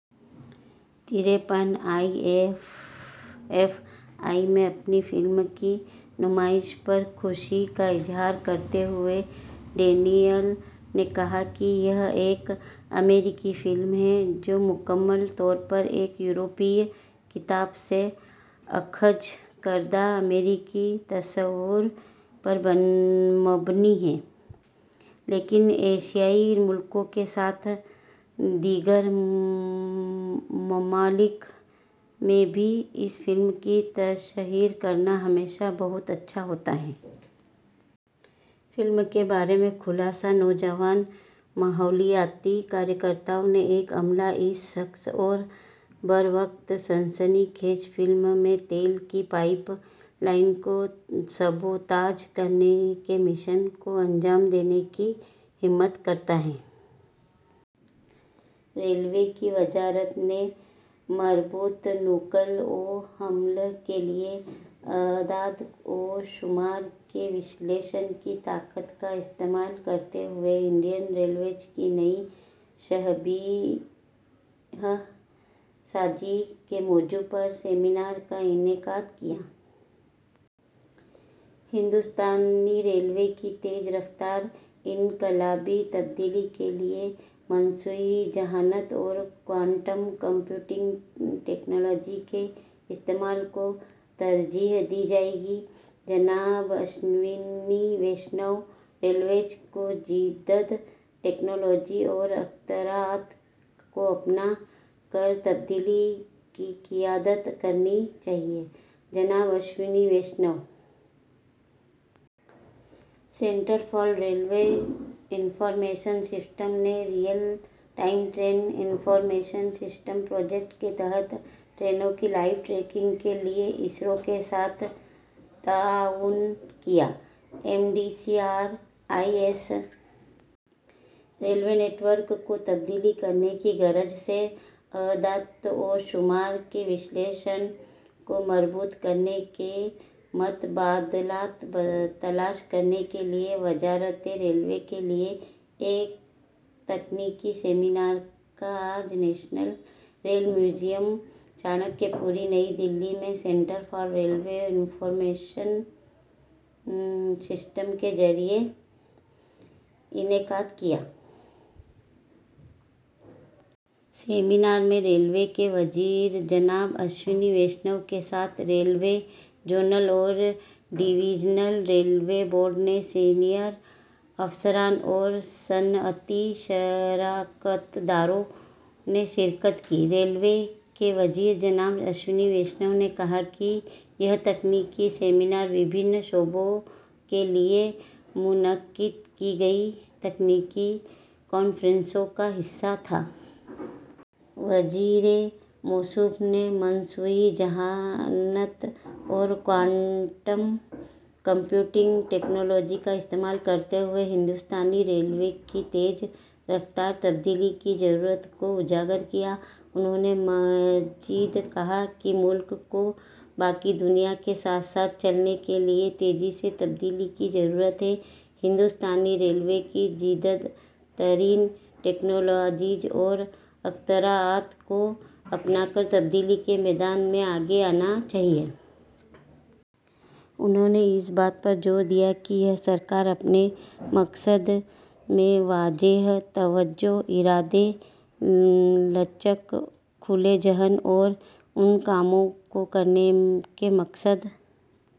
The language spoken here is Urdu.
تریپن آئی ایف ایف آئی میں اپنی فلم کی نمائش پر خوشی کا اظہار کرتے ہوئے، ڈینیل نے کہا کہ یہ ایک امریکی فلم ہے، جو مکمل طور پر ایک یورپی کتاب سے اخذ کردہ امریکی تصور پر مبنی ہے، لیکن ایشیائی ملکوں کے ساتھ ساتھ دیگر ممالک میں بھی اس فلم کی تشہیر کرنا ہمیشہ بہت اچھا ہوتا ہے۔ فلم کے بارے میں خلاصہ: نوجوان ماحولیاتی کارکنوں کا ایک عملہ اس سخت اور بروقت سنسنی خیز فلم میں تیل کی پائپ لائن کو سبوتاژ کرنے کے مشن کو انجام دینے کی ہمت کرتا ہے۔ ریلوے کی وزارت نے مربوط نقل و حمل کے لیے اعداد و شمار کے تجزیے کی طاقت کا استعمال کرتے ہوئے انڈین ریلویز کی نئی شبیہ سازی کے موضوع پر سیمینار کا انعقاد کیا۔ ہندوستانی ریلوے کی تیز رفتار انقلابی تبدیلی کے لیے مصنوعی ذہانت اور کوانٹم کمپیوٹنگ ٹیکنالوجی کے استعمال کو ترجیح دی جائے گی: جناب اشونی ویشنو۔ ریلوے کو جدید ٹیکنالوجی اور اختراعات کو اپنا کر تبدیلی کی قیادت کرنی چاہیے: جناب Ashwini Vaishnaw. Centre for railway information system نے real time train information system project کے تحت ٹرینوں کی لائیو ٹریکنگ کے لیے آئی ایس آر او کے ساتھ تعاون کیا ہے: M D, C R I S. Railway network کو تبدیل کرنے کی غرض سے اعداد و شمار کے تجزیے کو مربوط کرنے کے متبادلات تلاش کرنے کے لیے وزارت ریلوے کے لیے ایک تکنیکی سیمینار کا آج national rail museum, Chanakyapuri, نئی دہلی میں centre for railway information system کے ذریعے انعقاد کیا گیا۔ سیمینار میں ریلوے کے وزیر جناب اشونی ویشنو کے ساتھ ریلوے، زونل اور ڈویژنل ریلوے بورڈ کے سینئر افسران اور صنعتی شراکت داروں نے شرکت کی۔ ریلوے کے وزیر جناب اشونی ویشنو نے کہا کہ یہ تکنیکی سیمینار مختلف شعبوں کے لیے منعقد کی گئی تکنیکی کانفرنسوں کا حصہ تھا۔ وزیر موصوف نے مصنوعی ذہانت اور کوانٹم کمپیوٹنگ ٹیکنالوجی کا استعمال کرتے ہوئے ہندوستانی ریلوے کی تیز رفتار تبدیلی کی ضرورت کو اجاگر کیا۔ انہوں نے مزید کہا کہ ملک کو باقی دنیا کے ساتھ ساتھ چلنے کے لیے تیزی سے تبدیلی کی ضرورت ہے اور ہندوستانی ریلوے کو جدید ترین ٹیکنالوجیز اور اختراعات کو اپنا کر تبدیلی کے میدان میں آگے آنا چاہیے۔ انہوں نے اس بات پر زور دیا کہ یہ حکومت اپنے مقصد میں واضح توجہ، ارادے، لچک، کھلے ذہن اور ان کاموں کو کرنے کے مقصد...